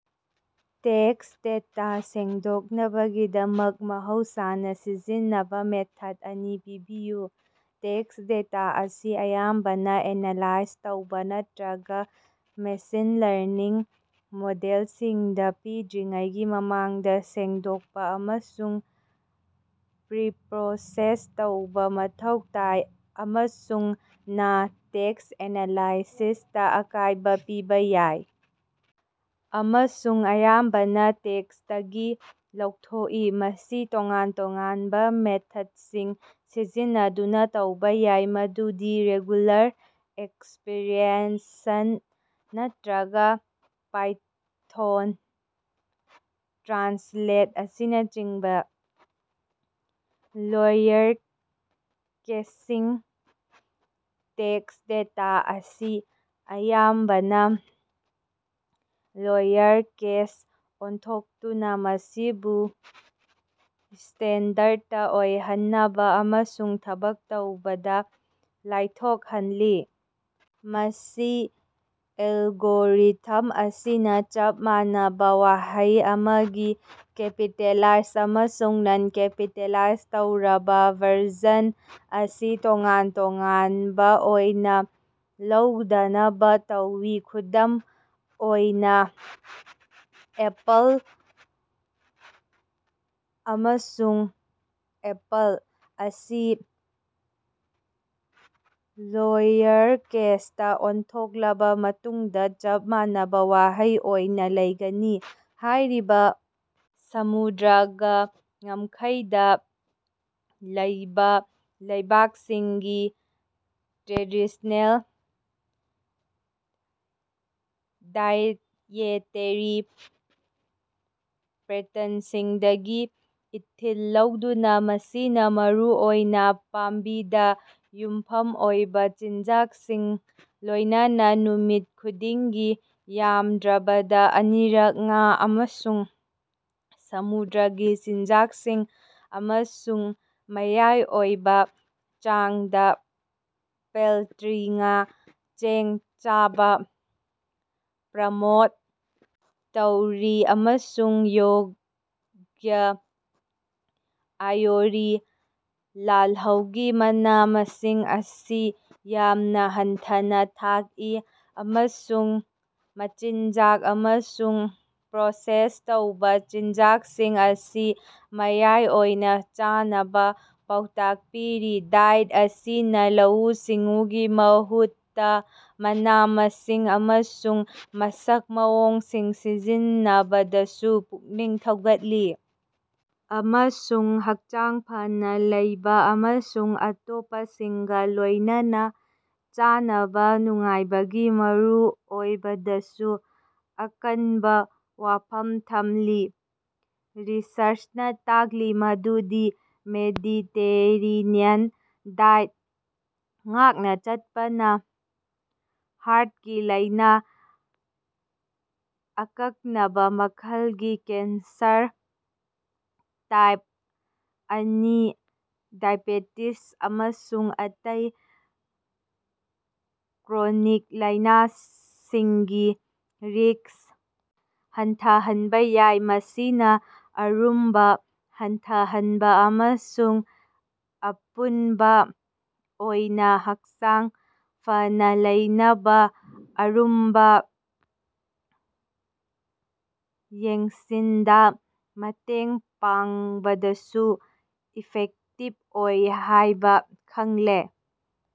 Tax data ꯁꯦꯡꯗꯣꯛꯅꯕꯒꯤꯗꯃꯛ ꯃꯍꯧꯁꯥꯅ ꯁꯤꯖꯤꯟꯅꯕ ꯃꯦꯊꯗ ꯑꯅꯤ ꯄꯤꯕꯤꯌꯨ꯫ ꯇꯦꯛꯁ ꯗꯦꯇꯥ ꯑꯁꯤ ꯑꯌꯥꯝꯕꯅ ꯑꯦꯅꯥꯂꯥꯏꯖ ꯇꯧꯕ ꯅꯠꯇꯔꯒꯥ ꯃꯦꯁꯤꯟ ꯂꯔꯅꯤꯡ ꯃꯣꯗꯦꯜꯁꯤꯡꯗ ꯄꯤꯗ꯭ꯔꯤꯉꯩꯒꯤ ꯃꯃꯥꯡꯗ ꯁꯦꯡꯗꯣꯛꯄ ꯑꯃꯁꯨꯡ ꯄ꯭ꯔꯤꯄꯔꯣꯁꯦꯁ ꯇꯧꯕ ꯃꯊꯧ ꯇꯥꯏ꯫ ꯑꯃꯁꯨꯡ ꯅ ꯇꯦꯛꯁ ꯑꯦꯅꯥꯂꯥꯏꯁꯤꯁꯇꯥ ꯑꯀꯥꯏꯕ ꯄꯤꯕ ꯌꯥꯏ ꯑꯃꯁꯨꯡ ꯑꯌꯥꯝꯕꯅ ꯇꯦꯛꯁꯇꯒꯤ ꯂꯧꯊꯣꯛꯏ꯫ ꯃꯁꯤ ꯇꯣꯉꯥꯟ ꯇꯣꯉꯥꯟꯕ ꯃꯦꯊꯗꯁꯤꯡ ꯁꯤꯖꯤꯟꯅꯗꯨꯅ ꯇꯧꯕ ꯌꯥꯏ, ꯃꯗꯨꯗꯤ ꯔꯦꯒꯨꯂꯥꯔ ꯑꯦꯛꯁꯄꯔꯦꯁꯟ ꯅꯠꯇꯔꯒꯥ ꯄꯥꯏꯊꯣꯟꯗ ꯇ꯭ꯔꯥꯟꯁꯂꯦꯠ ꯑꯁꯤꯅꯆꯤꯡꯕ꯫ ꯂꯣꯌꯔꯀꯦꯁꯤꯡ ꯇꯦꯛꯁ ꯗꯦꯇꯥ ꯑꯁꯤ ꯑꯌꯥꯝꯕꯅ ꯂꯣꯌꯔ ꯀꯦꯁꯇ ꯑꯣꯟꯊꯣꯛꯇꯨꯅ ꯃꯁꯤꯕꯨ ꯁ꯭ꯇꯦꯟꯗꯔꯗ ꯑꯣꯏꯍꯟꯅꯕ ꯑꯃꯁꯨꯡ ꯊꯕꯛ ꯇꯧꯕꯗ ꯂꯥꯏꯊꯣꯛꯍꯜꯂꯤ꯫ ꯃꯁꯤ ꯑꯦꯜꯒꯣꯔꯤꯊꯝ ꯑꯁꯤꯅ ꯆꯞ ꯃꯥꯟꯅꯕ ꯋꯥꯍꯩ ꯑꯃꯒꯤ ꯀꯦꯄꯤꯇꯦꯂꯥꯏꯖ ꯑꯃꯁꯨꯡ ꯅꯟ-ꯀꯦꯄꯤꯇꯦꯂꯥꯏꯖ ꯇꯧꯔꯕ ꯚꯔꯖꯟ ꯑꯁꯤ ꯇꯣꯉꯥꯟ ꯇꯣꯉꯥꯟꯕ ꯑꯣꯏꯅ ꯂꯧꯗꯅꯕ ꯇꯧꯏ, ꯈꯨꯗꯝ ꯑꯣꯏꯅ, 'ꯑꯦꯄꯜ' ꯑꯃꯁꯨꯡ 'ꯑꯦꯄꯜ' ꯑꯁꯤ ꯂꯣꯌꯔꯀꯦꯁꯇꯥ ꯑꯣꯟꯊꯣꯛꯂꯕ ꯃꯇꯨꯡꯗ ꯆꯞ ꯃꯥꯟꯅꯕ ꯋꯥꯍꯩ ꯑꯣꯏꯅ ꯂꯩꯒꯅꯤ꯫ ꯍꯥꯏꯔꯤꯕ ꯁꯃꯨꯗ꯭ꯔꯒꯥ ꯉꯝꯈꯩꯗ ꯂꯩꯕ ꯂꯩꯕꯥꯛꯁꯤꯡꯒꯤ ꯇ꯭ꯔꯦꯗꯤꯁ꯭ꯅꯦꯜ ꯗꯥꯏꯑꯦꯇꯦꯔꯤ ꯄꯦꯇꯔꯟꯁꯤꯡꯗꯒꯤ ꯏꯊꯤꯜ ꯂꯧꯗꯨꯅ ꯃꯁꯤꯅ ꯃꯔꯨꯑꯣꯏꯅ ꯄꯥꯝꯕꯤꯗ ꯌꯨꯝꯐꯝ ꯑꯣꯏꯕ ꯆꯤꯟꯖꯥꯛꯁꯤꯡ, ꯂꯣꯏꯅꯅ ꯅꯨꯃꯤꯠ ꯈꯨꯗꯤꯡꯒꯤ ꯌꯥꯝꯗ꯭ꯔꯕꯗ ꯑꯅꯤꯔꯛ ꯉꯥ ꯑꯃꯁꯨꯡ ꯁꯃꯨꯗ꯭ꯔꯒꯤ ꯆꯤꯟꯖꯥꯛꯁꯤꯡ, ꯑꯃꯁꯨꯡ ꯃꯌꯥꯏ ꯑꯣꯏꯕ ꯆꯥꯡꯗ ꯄꯦꯜꯇꯔꯤ, ꯉꯥ, ꯆꯦꯡ ꯆꯥꯕ ꯄ꯭ꯔꯃꯣꯠ ꯇꯧꯔꯤ꯫ ꯑꯃꯁꯨꯡ ꯌꯣꯒꯔ ꯑꯥꯏꯑꯣꯔꯤ꯫ ꯂꯥꯜꯍꯧꯒꯤ ꯃꯅꯥ-ꯃꯁꯤꯡ ꯑꯁꯤ ꯌꯥꯝꯅ ꯍꯟꯊꯅ ꯊꯛꯏ, ꯑꯃꯁꯨꯡ ꯃꯆꯤꯟꯖꯥꯛ ꯑꯃꯁꯨꯡ ꯄ꯭ꯔꯣꯁꯦꯁ ꯇꯧꯔꯕ ꯆꯤꯟꯖꯥꯛꯁꯤꯡ ꯑꯁꯤ ꯃꯌꯥꯏ ꯑꯣꯏꯅ ꯆꯥꯅꯕ ꯄꯥꯎꯇꯥꯛ ꯄꯤꯔꯤ꯫ ꯗꯥꯏꯠ ꯑꯁꯤꯅ ꯂꯧꯎ-ꯁꯤꯡꯎꯒꯤ ꯃꯍꯨꯠꯇ ꯃꯅ-ꯃꯁꯤꯡ ꯑꯃꯁꯨꯡ ꯃꯁꯛ ꯃꯑꯣꯡꯁꯤꯡ ꯁꯤꯖꯤꯟꯅꯕꯗꯁꯨ ꯄꯨꯛꯅꯤꯡ ꯊꯧꯒꯠꯂꯤ, ꯑꯃꯁꯨꯡ ꯍꯛꯆꯥꯡ ꯐꯅ ꯂꯩꯕ ꯑꯃꯁꯨꯡ ꯑꯇꯣꯞꯄꯁꯤꯡꯒꯥ ꯂꯣꯏꯅꯅ ꯆꯥꯅꯕ ꯅꯨꯡꯉꯥꯏꯕꯒꯤ ꯃꯔꯨꯑꯣꯏꯕꯗꯁꯨ ꯑꯀꯟꯕ ꯋꯥꯐꯝ ꯊꯝꯂꯤ꯫ ꯔꯤꯁꯔꯆꯅ ꯇꯥꯛꯂꯤ ꯃꯗꯨꯗꯤ ꯃꯦꯗꯤꯇꯦꯔꯦꯅꯤꯌꯟ ꯗꯥꯏꯠ ꯉꯥꯛꯅ ꯆꯠꯄꯅ ꯍꯥꯔꯇꯀꯤ ꯂꯥꯏꯅ, ꯑꯀꯛꯅꯕ ꯃꯈꯜꯒꯤ ꯀꯦꯟꯁꯔ, ꯇꯥꯏꯞ ꯑꯅꯤ ꯗꯥꯏꯕꯦꯇꯤꯁ ꯑꯃꯁꯨꯡ ꯑꯇꯩ ꯀ꯭ꯔꯣꯅꯤꯛ ꯂꯥꯏꯅꯁꯤꯡꯒꯤ ꯔꯤꯛꯁ ꯍꯟꯊꯍꯟꯕ ꯌꯥꯏ꯫ ꯃꯁꯤꯅ ꯑꯔꯨꯝꯕ ꯍꯟꯊꯍꯟꯕ ꯑꯃꯁꯨꯡ ꯑꯄꯨꯟꯕ ꯑꯣꯏꯅ ꯍꯛꯆꯥꯡ ꯐꯅꯥ ꯂꯩꯅꯕ ꯑꯔꯨꯝꯕ ꯌꯦꯡꯁꯤꯟꯗ ꯃꯇꯦꯡ ꯄꯥꯡꯕꯗꯁꯨ ꯏꯐꯦꯛꯇꯤꯕ ꯑꯣꯏ ꯍꯥꯏꯕ ꯈꯪꯂꯦ꯫